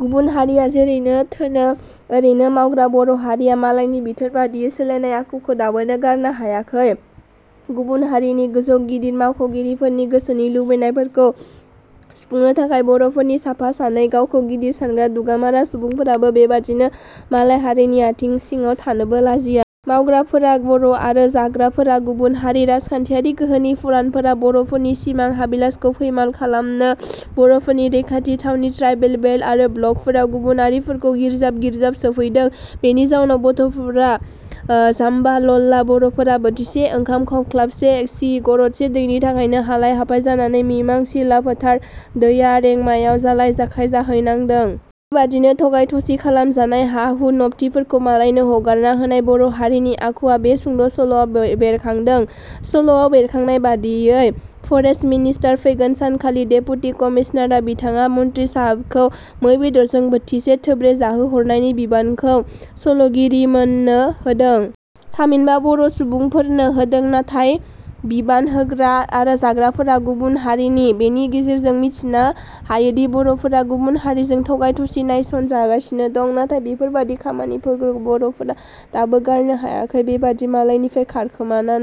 गुबुन हारिया जेरै थोनो एरैनो मावग्रा बर' हारिया मालायनि बिथोन बादियै सोलिनाय आखुखौ दाबोनो गारनो हायाखै। गुबुन हारिनि गोजौ गिदिर मावख'गिरिफोरनि गोसोनि लुबैनायफोरखौ सुफुंनो थाखाय बर'फोरनि साफा सानै गावखौ गिदिर सानग्रा दुगामारा सुबुंफोराबो बेबादिनो मालाय हारिनि आथिं सिङाव थानोबो लाजिया। मावग्राफोरा बर' आरो जाग्राफोरा गुबुन हारि। राजखान्थियारि गोहोनि फलानफोरा बर'फोरनि सिमां हाबिलासखौ फैमाल खालामनो, बर'फोरनि रैखानि थावनि ट्राइबेल बेल्ट आरो ब्लकफ्राव गुबुनारिफोरखौ गिर्जाब गिर्जाब सोफैदों। बेनि जाउनाव बर'फोरा जाम्बा लल्ला बर'फोरा बोथिसे ओंखाम, खावख्लाबसे सि, गरदसे दैनि थाखायनो हालाय-हाफाय जानानै मिमां, सिलाफोथार, दैयां, रेंमायाव जालाय-जाखाय जाहैनांदों। बेबादिनो थगाय-थसि खालामजानाय, हा-हु नबथिफोरखौबो मालायनो हगारना होनाय बर' हारिनि आखुआ बे सुंद' सल'आव बेरखांदों। सल'आव बेरखांनाय बादियै फरेष्ट मिनिस्थार फैगोन सानखालि डेपुटि कमिसनार बिथाआं मनथ्रि साहेबखौ मै बेदरजों बोथिसे थेब्रे जाहोहरनायनि बिबानखौ सल'गिरिमोननो होदों। थामहिनबा बर' सुबुंफोरनो होदों। नाथाइ बिबान होग्रा आरो जाग्राफोरा गुबुन हारिनि। बेनि गेजेरजों मिथिनो हायोदि बर'फोरा गुबुन हारिजों थगाय थसि, नाससयजागासिनो दं। नाथाय बेफोरबादि खामानिफोरखौ बर'फोरा दाबो गारनो हायाखै। बेबादि मालायनिफ्राय खारखोमाना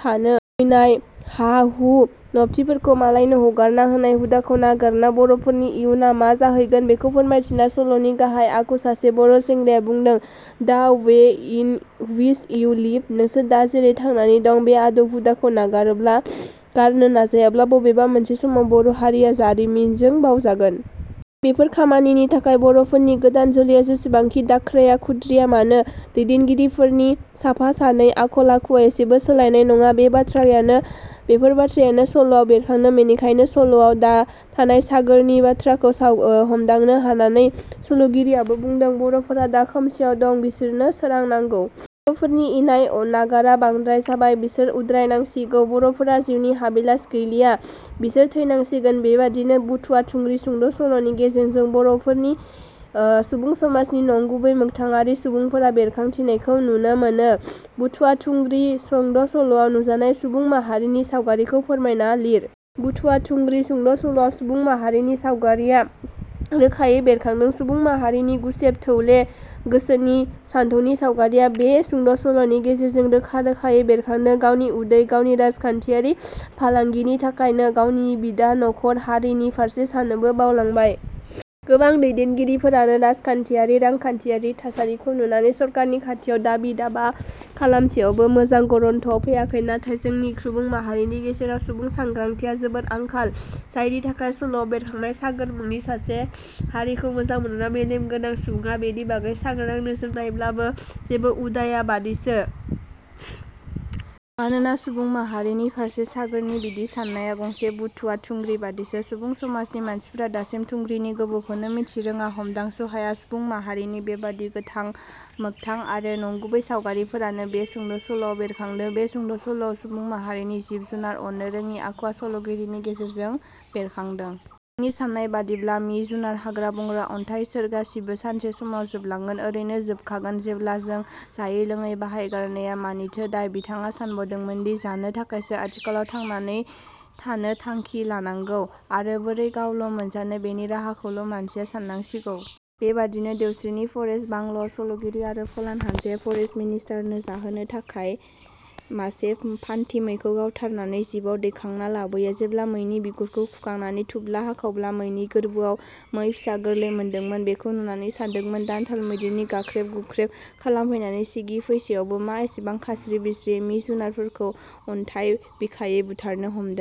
थानो लुबैनाय, हा-हु नबथिफोरखौ मालायनो हगारना होनाय हुदाखौ नागारना बर'फोरनि इयुना मा जाहैगोन बेखौ फोरमायथिना सल'नि गाहाय आखु सासे बर' सेंग्राया बुंदों- "दा away in which U live- नोंसोर दा जैरै थांनानै दङ' बे आदब हुदाखौ नागाराब्ला, गारनो नाजायाब्ला बबेबा मोनसे समाव बर' हारिया जारिमिजों बावजागोन। " नाथाय बेफोर खामानिनि थाखाय बर 'फोरनि गोदान जोलैया जेसेबांखि दाख्राया खुद्रिया मानो दैदेनगिरिफोरनि साफा सानै आखल आखुवा इसेबो सोलायनाय नङा। बेफोर बाथ्रायानो सल'आव बेरखांदों। बेनिखायनो सल'आव थानाय सागोरनि बाथ्राखौ हमदांनो हानानै सल'गिरियाबो बुंदों – "बर'फोरा दा खोमसियाव दं- बिसोरनो सोरां नांगौ। बर'फोरनि इनाय नागारा बाराद्राय जाबाय- बिसोर उद्राय नांसिगौ। बर'फोरहा जिउनि हाबिलास गैलिय बिसोर थैनांसिगौ। " बेबादिनो "बुथुवा थुंग्रि" सुंद' सल'नि गेजेरजों बर'फोरनि सुबुं समाजनि नंगुबै मोगथाङारि सावगारिफोरा बेरखांथिनायखौ नुनो मोनो।. 'बुथुवा थुंग्रि' सुंद' सल'आव नुजानाय सुबुं माहारिनि सावगारिखौ फोरमायना लिर। फिन: "बुथुवा थुंग्रि" सुंद' सल'आव सुबुं माहारिनि सावगारिया रोखायै बेरखांदों। सुबुं माहारिनि गुसेब थौले गोसोनि सानथौनि सावगारिया बे सुंद' सलनि गेजेरजों रोखा रोखायै बेरखांदों। गावनि उदै, गावनि राजखान्थियारि फालांगिनि थाखायनो गावनि बिदा फंबाय, नखर, हारिनि फारसे साननोबो बावलांबाय। गोबां दैदेनगिरिफोरानो राजखान्थियारि, रांखान्थियारि थासारिखौ नुनानै सरखारनि खाथियाव दाबि दाबा खालामसेयावबो मोजां गरन्थ'आव फैयाखै। नाथाय जोंनि सुबुं माहारिनि गेजेराव सुबुं सांग्रांथिया जोबोर आंखाल। जायनि थाखाय सल'वाव बेरखांनाय 'सागोर' मुंनि सासे हारिखौ मोजां मोनग्रा मेलेमगोनां सुबुङा बेनि बागै सांग्रां नोजोरै नायब्लाबो जेबो उदायै बादिसो। मानोना सुबुं माहारिनि फारसे सागोरनि बिब्दि साननाया गंसे बुथुवा थुंग्रि ग्रि बादिसो। सुबु समाजनि मानसिफ्रा दासिम थुंग्रिनि गोबौखौनो मिथिरोङा हमदांस' हाया। सुबुं माहारिनि बेबादि मोगथां आरो नंगुबै सावगारिफोरानो बे सुंद' सल'आव बेरखांदों। बे सुंद' सल'आव सुबुं माहारानि जिब-जुनार अननो रोङि आखुवा सल'गिरिनि गेजेरजों बेरखांदों। बिथांनि साननाय बादिब्ला मि-जुनार, हाग्रा-बंग्रा, अन्थाइ-सोर गासैबो सानसे समाव जोबलांगोन। ओरैनो जोवखागोन जेब्ला जों जायै-लोडै बाहायगारनाया मानिथो दाय? बिथाङा सानबावदोंमोन जानो थाखायसो आथिखालाव थांनानै थानो थांखि लानांगौ आरो बोरै गावल' मोनजानो बेनि राहाखौल' मानसिया साननांसिगौ। बेबायदिनो देउस्रिनि फरेष्ट बांल'आव सल'गिरि आरो फलान हानजाया फरेष्ट मिनिस्थारनो जाहोनो मासे फान्थि मैखौ गावथारनानै जिपआव दैखांना लाबोयो। जेब्ला मैनि बिगुरखौ खुखांनानै थुब्ला हाखावब्ला मैनि गोरबोआव मै फिसा गोरलै मोनदोंमोन। बेखौ नुनानै सानदोंमोन दान्थाल मैदेरनि गाख्रेब गुख्रेब खालामफैनानै सिगि फैसेयावबो मा एसेबां खास्रि बिस्रियै मि-जुनारफोरखौ अन्थाइ बिखायै बुथारनो हमदों।